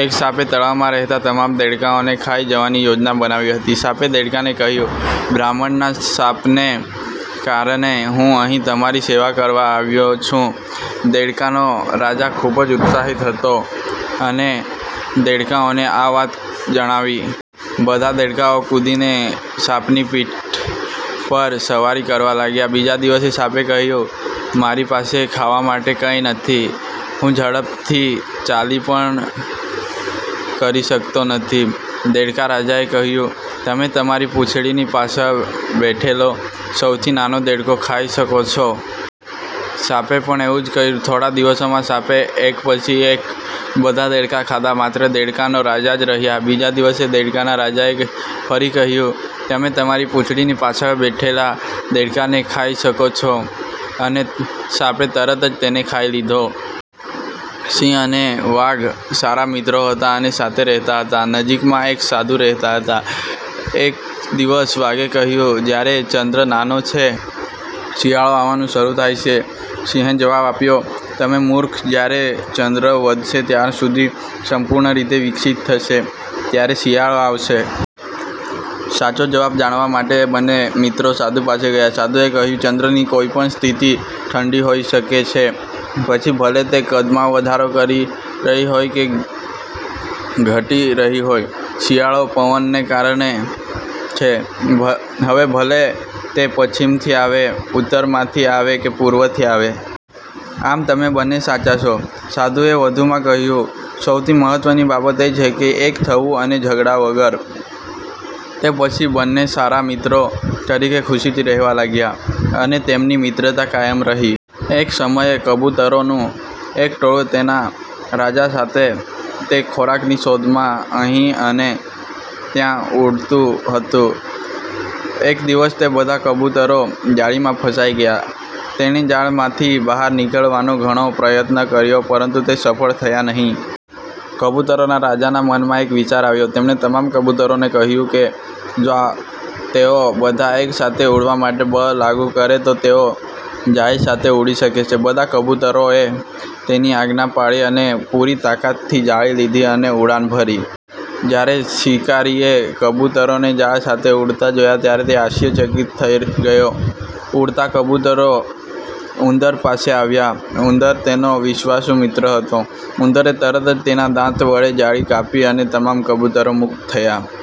એક સાપે તળાવમાં રહેતા તમામ દેડકાઓને ખાઈ જવાની યોજના બનાવી હતી. સાપે દેડકાને કહ્યું, 'બ્રાહ્મણના શાપને કારણે હું અહીં તમારી સેવા કરવા આવ્યો છું. 'દેડકાનો રાજા ખૂબ જ ઉત્સાહિત હતો અને દેડકાઓને આ વાત જણાવી. બધા દેડકાઓ કૂદીને સાપની પીઠ પર સવારી કરવા ગયા. બીજા દિવસે, સાપે કહ્યું, ' મારી પાસે ખાવા માટે કંઈ નથી. હું ઝડપથી ચાલી પણ કરી શકતો નથી. ' દેડકા રાજાએ કહ્યું,' તમે તમારી પૂંછડીની પાછળ બેઠેલો સૌથી નાનો દેડકો ખાઈ શકો છો. 'સાપે પણ એવું જ કર્યું. થોડા દિવસોમાં સાપે એક પછી એક બધા દેડકા ખાધા. માત્ર દેડકા નો રાજા જ રહ્યા. બીજે દિવસે, દેડકાના રાજા એ ફરી કહ્યું, ' તમે તમારી પૂંછડીની પાછળ બેઠેલા દેડકાને ખાઈ શકો છો ' અને સાપે તરત જ તેને ખાઈ લીધો. સિંહ અને વાઘ સારા મિત્રો હતા અને સાથે રહેતા હતા. નજીકમાં એક સાધુ રહેતા હતા. એક દિવસ, વાઘે કહ્યું, "જ્યારે ચંદ્ર નાનો થાય છે, શિયાળો આવવાનું શરૂ થાય છે. સિંહે જવાબ આપ્યો, "તમે મૂર્ખ, જ્યારે ચંદ્ર વધશે ત્યાં સુધી સંપૂર્ણ રીતે વિકસિત થશે, ત્યારે શિયાળો આવશે. સાચો જવાબ જાણવા માટે એ બંને મિત્રો સાધુ પાસે ગયા. સાધુએ કહ્યું, "ચંદ્રની કોઈપણ સ્થિતિ ઠંડી હોઈ શકે છે, પછી ભલે તે કદમાં વધારો કરી રહી હોય કે ઘટી રહી હોય. શિયાળો પવનને કારણે છે, હવે ભલે તે પશ્ચિમથી આવે, ઉત્તરમાંથી આવે કે પૂર્વથી આવે. આમ, તમે બંને સાચા છો. સાધુએ વધુમાં કહ્યું, "સૌથી મહત્વની બાબત એ છે કે એક થવું અને ઝઘડા વગર. તે પછી બંને સારા મિત્રો તરીકે ખુશીથી રહેવા લાગ્યા, અને તેમની મિત્રતા કાયમ રહી. એક સમયે કબૂતરોનું એક ટોળું, તેના રાજા સાથે તે ખોરાકની શોધમાં અહીં અને ત્યાં ઉડતું હતું. એક દિવસ તે બધા કબૂતરો જાળીમાં ફસાઈ ગયા. તેણે જાળમાંથી બહાર નીકળવાનો ઘણો પ્રયત્ન કર્યો પરંતુ તે સફળ થયા નહીં. કબૂતરોના રાજાના મનમાં એક વિચાર આવ્યો. તેણે તમામ કબૂતરોને કહ્યું કે જો તેઓ બધા એક સાથે ઉડવા માટે બળ લાગુ કરે તો તેઓ જાળી સાથે ઉડી શકે છે. બધા કબૂતરોએ તેની આજ્ઞા પાળી અને પૂરી તાકાતથી જાળી લીધી અને ઉડાન ભરી. જ્યારે શિકારીએ કબૂતરોને જાળ સાથે ઉડતા જોયા ત્યારે તે આશ્ચર્યચકિત થઈ ગયો. ઉડતા કબૂતરો ઉંદર પાસે આવ્યા. ઉંદર તેનો વિશ્વાસુ મિત્ર હતો. ઉંદરે તરત જ તેના દાંત વડે જાળી કાપી અને તમામ કબૂતરો મુક્ત થયા.